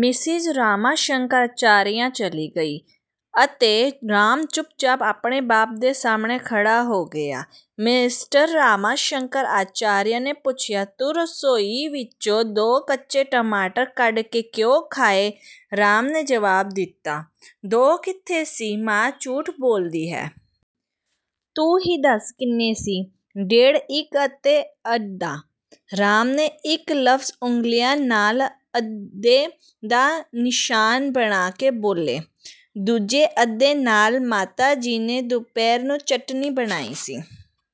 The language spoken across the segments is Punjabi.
ਮਿਸਿਜ਼ ਰਾਮਾ ਸ਼ੰਕਰ ਅਚਾਰੀਆ ਚਲੀ ਗਈ ਅਤੇ ਰਾਮ ਚੁੱਪ-ਚਾਪ ਆਪਣੇ ਬਾਪ ਦੇ ਸਾਹਮਣੇ ਖੜ੍ਹਾ ਹੋ ਗਿਆ। ਮਿਸਟਰ ਰਾਮਾ ਸ਼ੰਕਰ ਅਚਾਰੀਆ ਨੇ ਪੁੱਛਿਆ, ਤੂੰ ਰਸੋਈ ਵਿਚੋਂ ਦੋ ਕੱਚੇ ਟਮਾਟਰ ਕੱਢ ਕੇ ਕਿਉਂ ਖਾਏ? " ਰਾਮ ਨੇ ਜਵਾਬ ਦਿੱਤਾ, "ਦੋ ਕਿੱਥੇ ਸੀ, ਮਾਂ ਝੂਠ ਬੋਲਦੀ ਹੈ। " "ਤੂੰ ਹੀ ਦੱਸ ਕਿੰਨੇ ਸੀ। " "ਡੇਢ। ਇਕ ਅਤੇ ਅੱਧਾ", ਰਾਮ ਨੇ ਇੱਕ ਲਫਜ਼ ਉਂਗਲ਼ੀਆਂ ਨਾਲ ਅੱਧੇ ਦਾ ਨਿਸ਼ਾਨ ਬਣਾ ਕੇ ਬੋਲੇ, "ਦੂਜੇ ਅੱਧੇ ਨਾਲ ਮਾਤਾ ਜੀ ਨੇ ਦੁਪਹਿਰ ਨੂੰ ਚਟਣੀ ਬਣਾਈ ਸੀ।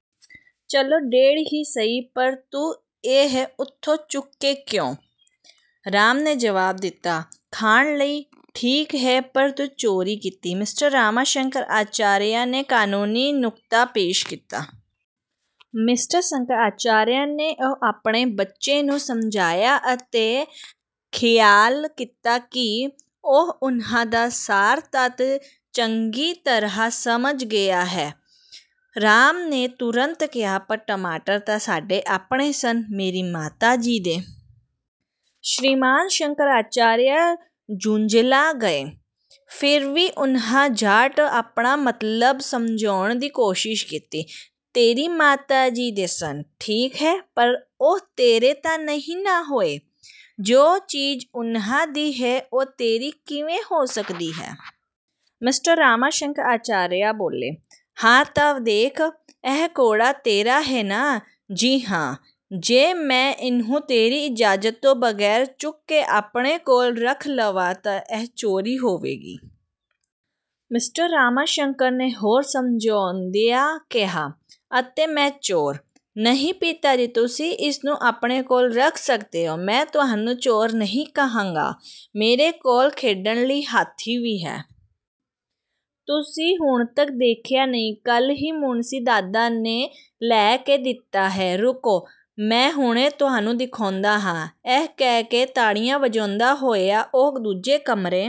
" "ਚਲੋ ਡੇਢ ਹੀ ਸਹੀ, ਪਰ ਤੂੰ ਇਹ ਉਥੋਂ ਚੁੱਕੇ ਕਿਉਂ? " ਰਾਮ ਨੇ ਜਵਾਬ ਦਿੱਤਾ, "ਖਾਣ ਲਈ। " "ਠੀਕ ਹੈ, ਪਰ ਤੂੰ ਚੋਰੀ ਕੀਤੀ", ਮਿਸਟਰ ਰਾਮਾ ਸ਼ੰਕਰ ਅਚਾਰੀਆ ਨੇ ਕਾਨੂੰਨੀ ਨੁਕਤਾ ਪੇਸ਼ ਕੀਤਾ। " ਮਿਸਟਰ ਸ਼ੰਕਰ ਅਚਾਰੀਆ ਨੇ ਇਉਂ ਆਪਣੇ ਬੱਚੇ ਨੂੰ ਸਮਝਾਇਆ ਅਤੇ ਖਿਆਲ ਕੀਤਾ ਕਿ ਉਹ ਉਨ੍ਹਾਂ ਦਾ ਸਾਰ-ਤੱਤ ਚੰਗੀ ਤਰ੍ਹਾਂ ਸਮਝ ਗਿਆ ਹੈ। ਰਾਮ ਨੇ ਤੁਰੰਤ ਕਿਹਾ, "ਪਰ ਟਮਾਟਰ ਤਾਂ ਸਾਡੇ ਆਪਣੇ ਸਨ, ਮੇਰੀ ਮਾਤਾ ਜੀ ਦੇ। " ਸ਼੍ਰੀਮਾਨ ਸ਼ੰਕਰ ਅਚਾਰੀਆ ਝੁੰਜਲਾ ਗਏ। ਫਿਰ ਵੀ ਉਨ੍ਹਾਂ ਝੱਟ ਆਪਣਾ ਮਤਲਬ ਸਮਝਾਉਣ ਦੀ ਕੋਸ਼ਿਸ਼ ਕੀਤੀ, "ਤੇਰੀ ਮਾਤਾ ਜੀ ਦੇ ਸਨ, ਠੀਕ ਹੈ, ਪਰ ਉਹ ਤੇਰੇ ਤਾਂ ਨਹੀਂ ਨਾ ਹੋਏ। ਜੋ ਚੀਜ਼ ਉਨ੍ਹਾਂ ਦੀ ਹੈ, ਉਹ ਤੇਰੀ ਕਿਵੇਂ ਹੋ ਸਕਦੀ ਹੈ? " ਮਿਸਟਰ ਰਾਮਾ ਸ਼ੰਕਰ ਅਚਾਰੀਆ ਬੋਲੇ, "ਹਾਂ! ਤਾਂ ਦੇਖ, ਇਹ ਘੋੜਾ ਤੇਰਾ ਹੈ ਨਾ? " "ਜੀ ਹਾਂ। " "ਜੇ ਮੈਂ ਇਹਨੂੰ ਤੇਰੀ ਇਜਾਜ਼ਤ ਤੋਂ ਬਗ਼ੈਰ ਚੁੱਕ ਕੇ ਆਪਣੇ ਕੋਲ ਰੱਖ ਲਵਾਂ ਤਾਂ ਇਹ ਚੋਰੀ ਹੋਵੇਗੀ। " ਮਿਸਟਰ ਰਾਮਾ ਸ਼ੰਕਰ ਨੇ ਹੋਰ ਸਮਝਾਉਂਦਿਆਂ ਕਿਹਾ, "ਅਤੇ ਮੈਂ ਚੋਰ। " "ਨਹੀਂ ਪਿਤਾ ਜੀ, ਤੁਸੀਂ ਇਸ ਨੂੰ ਆਪਣੇ ਕੋਲ ਰੱਖ ਸਕਦੇ ਹੋ। ਮੈਂ ਤੁਹਾਨੂੰ ਚੋਰ ਨਹੀਂ ਕਹਾਂਗਾ। ਮੇਰੇ ਕੋਲ ਖੇਡਣ ਲਈ ਹਾਥੀ ਵੀ ਹੈ। ਤੁਸੀਂ ਹੁਣ ਤਕ ਦੇਖਿਆ ਨਹੀਂ? ਕਲ੍ਹ ਹੀ ਮੁਣਸੀ ਦਾਦਾ ਨੇ ਲੈ ਕੇ ਦਿੱਤਾ ਹੈ। ਰੁਕੋ, ਮੈਂ ਹੁਣੇ ਤੁਹਾਨੂੰ ਦਿਖਾਉਂਦਾ ਹਾਂ। " ਇਹ ਕਹਿ ਕੇ ਤਾੜੀਆਂ ਵਜਾਉਂਦਾ ਹੋਇਆ ਉਹ ਦੂਜੇ ਕਮਰੇ